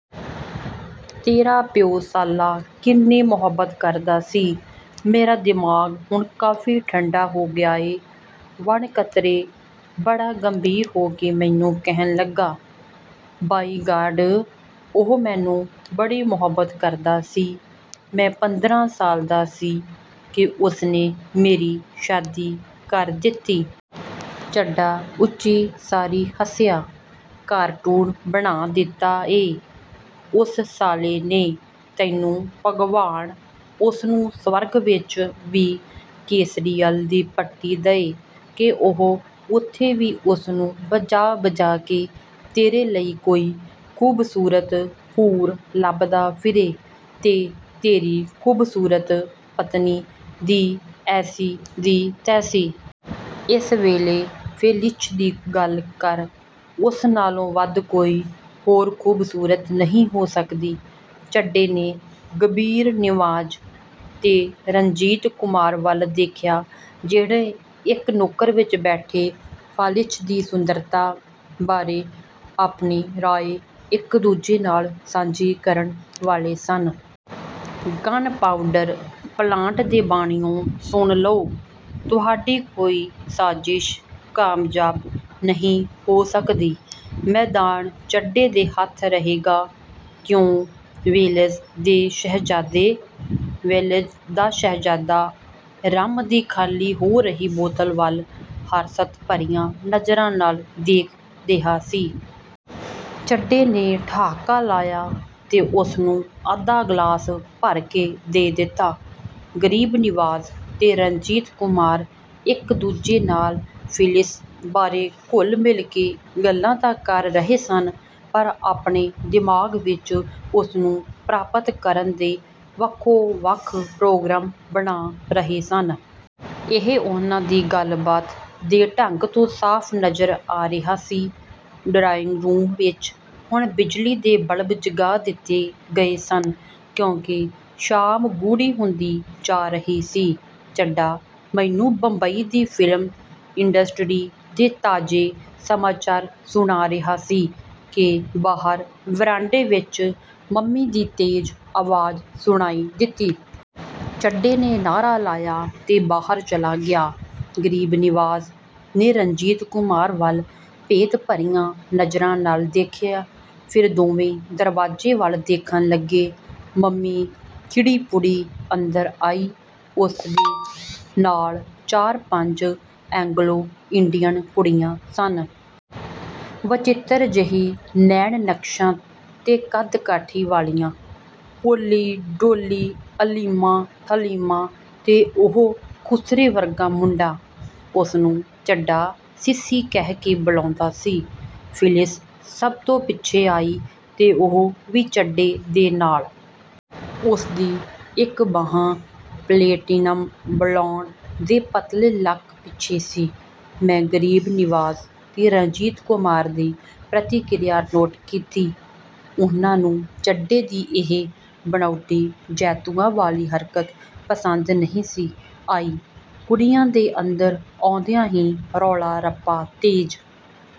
ਤੇਰਾ ਪਿਉ ਸਾਲਾ ਕਿੰਨੀ ਮੁਹੱਬਤ ਕਰਦਾ ਸੀ। ਮੇਰਾ ਦਿਮਾਗ ਹੁਣ ਕਾਫੀ ਠੰਡਾ ਹੋ ਗਿਆ ਏ। "ਵਣਕਤਰੇ ਬੜਾ ਗੰਭੀਰ ਹੋ ਕੇ ਮੈਨੂੰ ਕਹਿਣ ਲੱਗਾ, "ਬਾਈ ਗਾਡ, ਉਹ ਮੈਨੂੰ ਬੜੀ ਮੁਹੱਬਤ ਕਰਦਾ ਸੀ। ਮੈਂ ਪੰਦਰਾਂ ਸਾਲ ਦਾ ਸੀ ਕਿ ਉਸਨੇ ਮੇਰੀ ਸ਼ਾਦੀ ਕਰ ਦਿੱਤੀ। " ਚੱਡਾ ਉੱਚੀ ਸਾਰੀ ਹੱਸਿਆ, "ਕਾਰਟੂਨ ਬਣਾ ਦਿੱਤਾ ਏ ਉਸ ਸਾਲੇ ਨੇ ਤੈਨੂੰ ਭਗਵਾਨ ਉਸਨੂੰ ਸਵਰਗ ਵਿਚ ਵੀ ਕੇਸਰੀਅਲ ਦੀ ਪਟੀ ਦਏ ਕਿ ਉਹ ਉੱਥੇ ਵੀ ਉਸਨੂੰ ਵਜਾ-ਵਜਾ ਕੇ ਤੇਰੀ ਲਈ ਕੋਈ ਖ਼ੂਬਸੂਰਤ ਹੂਰ ਲੱਭਦਾ ਫਿਰੇ ਤੇ ਤੇਰੀ ਖੂਬਸੂਰਤ ਪਤਨੀ ਦੀ ਐਸੀ ਦੀ ਤੈਸੀ। ਇਸ ਵੇਲੇ ਫਿਲਿਚ ਦੀ ਗੱਲ ਕਰ ਉਸ ਨਾਲੋਂ ਵੱਧ ਕੋਈ ਹੋਰ ਖ਼ੂਬਸੂਰਤ ਨਹੀਂ ਹੋ ਸਕਦੀ। "ਚੱਡੇ ਨੇ ਗਬੀਰ ਨਿਵਾਜ਼ ਤੇ ਰਣਜੀਤ ਕੁਮਾਰ ਵੱਲ ਦੇਖਿਆ, ਜਿਹੜੇ ਇਕ ਨੁੱਕਰ ਵਿਚ ਬੈਠੇ ਫਾਲੀਚ ਦੀ ਸੁੰਦਰਤਾ ਬਾਰੇ ਆਪਣੀ ਰਾਏ ਇਕ ਦੂਜੇ ਨਾਲ ਸਾਂਝੀ ਕਰਨ ਵਾਲੇ ਸਨ। "ਗਨ ਪਾਊਡਰ ਪਲਾਂਟ ਦੇ ਬਾਣੀਓਂ ਸੁਣ ਲਓ, ਤੁਹਾਡੀ ਕੋਈ ਸਾਜਿਸ਼ ਕਾਮਯਾਬ ਨਹੀਂ ਹੋ ਸਕਦੀ। ਮੈਦਾਨ ਚੱਡੇ ਦੇ ਹੱਥ ਰਹੇਗਾ। ਕਿਉਂ ਵੇਲਜ਼ ਦੇ ਸ਼ਹਿਜ਼ਾਦੇ? " ਵੇਲਜ਼ ਦਾ ਸ਼ਹਿਜ਼ਾਦਾ ਰੰਮ ਦੀ ਖਾਲੀ ਹੋ ਰਹੀ ਬੋਤਲ ਵੱਲ ਹਸਰਤ ਭਰੀਆਂ ਨਜ਼ਰਾਂ ਨਾਲ ਦੇਖ ਰਿਹਾ ਸੀ। ਚੱਡੇ ਨੇ ਠਹਾਕਾ ਲਾਇਆ ਤੇ ਉਸਨੂੰ ਅੱਧਾ ਗ਼ਲਾਸ ਭਰ ਕੇ ਦੇ ਦਿੱਤਾ। ਗਰੀਬ ਨਿਵਾਜ਼ ਤੇ ਰਣਜੀਤ ਕੁਮਾਰ ਇਕ ਦੂਜੇ ਨਾਲ ਫਿਲਿਸ ਬਾਰੇ ਘੁਲ ਮਿਲ ਕੇ ਗੱਲਾਂ ਤਾਂ ਕਰ ਰਹੇ ਸਨ, ਪਰ ਆਪਣੇ ਦਿਮਾਗ ਵਿਚ ਉਸਨੂੰ ਪ੍ਰਾਪਤ ਕਰਨ ਦੇ ਵੱਖੋ-ਵੱਖ ਪ੍ਰੋਗਰਾਮ ਬਣਾ ਰਹੇ ਸਨ। ਇਹ ਉਹਨਾਂ ਦੀ ਗੱਲਬਾਤ ਦੇ ਢੰਗ ਤੋਂ ਸਾਫ ਨਜ਼ਰ ਆ ਰਿਹਾ ਸੀ। ਡਰਾਇੰਗ ਰੂਮ ਵਿਚ ਹੁਣ ਬਿਜਲੀ ਦੇ ਬਲਬ ਜਗਾ ਦਿੱਤੇ ਗਏ ਸਨ, ਕਿਉਂਕਿ ਸ਼ਾਮ ਗੂੜ੍ਹੀ ਹੁੰਦੀ ਜਾ ਰਹੀ ਸੀ। ਚੱਡਾ ਮੈਨੂੰ ਬੰਬਈ ਦੀ ਫ਼ਿਲਮ ਇੰਡਸਟਰੀ ਦੇ ਤਾਜ਼ੇ ਸਮਾਚਾਰ ਸੁਣਾ ਰਿਹਾ ਸੀ ਕਿ ਬਾਹਰ ਵਰਾਂਡੇ ਵਿਚ ਮੰਮੀ ਦੀ ਤੇਜ਼ ਆਵਾਜ਼ ਸੁਣਾਈ ਦਿੱਤੀ। ਚੱਡੇ ਨੇ ਨਾਅਰਾ ਲਾਇਆ ਤੇ ਬਾਹਰ ਚਲਾ ਗਿਆ। ਗਰੀਬ ਨਿਵਾਜ਼ ਨੇ ਰਣਜੀਤ ਕੁਮਾਰ ਵੱਲ ਭੇਤ-ਭਰੀਆਂ ਨਜ਼ਰਾਂ ਨਾਲ ਦੇਖਿਆ। ਫੇਰ ਦੋਵੇਂ ਦਰਵਾਜ਼ੇ ਵੱਲ ਦੇਖਣ ਲੱਗੇ। ਮੰਮੀ ਖਿੜੀ-ਪੁੜੀ ਅੰਦਰ ਆਈ। ਉਸ ਦੇ ਨਾਲ ਚਾਰ ਪੰਜ ਐਂਗਲੋ ਇੰਡੀਅਨ ਕੁੜੀਆਂ ਸਨ। ਵਚਿੱਤਰ ਜਿਹੀ ਨੈਣ-ਨਕਸ਼ਾਂ ਤੇ ਕੱਦ-ਕਾਠੀ ਵਾਲੀਆਂ। ਪੋਲੀ, ਡੋਲੀ, ਐਲੀਮਾ, ਥੈਲੀਮਾ ਤੇ ਉਹ ਖੁਸਰੇ ਵਰਗਾ ਮੁੰਡਾ। ਉਸਨੂੰ ਚੱਡਾ ਸਿਸੀ ਕਹਿ ਕੇ ਬੁਲਾਉਂਦਾ ਸੀ। ਫਿਲਿਸ ਸਭ ਤੋਂ ਪਿੱਛੇਂ ਆਈ ਤੇ ਉਹ ਵੀ ਚੱਡੇ ਦੇ ਨਾਲ। ਉਸਦੀ ਇਕ ਬਾਂਹ ਪਲੇਟੀਨਮ-ਬਲੌਂਡ ਦੇ ਪਤਲੇ ਲੱਕ ਪਿੱਛੇ ਸੀ। ਮੈਂ ਗਰੀਬ ਨਿਵਾਜ਼ ਤੇ ਰਣਜੀਤ ਕੁਮਾਰ ਦੀ ਪ੍ਰਤੀਕ੍ਰਿਆ ਨੋਟ ਕੀਤੀ। ਉਹਨਾਂ ਨੂੰ ਚੱਡੇ ਦੀ ਇਹ ਬਨਾਉਟੀ ਜੈਤੂਆਂ ਵਾਲੀ ਹਰਕਤ ਪਸੰਦ ਨਹੀਂ ਸੀ ਆਈ। ਕੁੜੀਆਂ ਦੇ ਅੰਦਰ ਆਉਂਦਿਆਂ ਹੀ ਰੌਲਾ-ਰੱਪਾ ਤੇਜ਼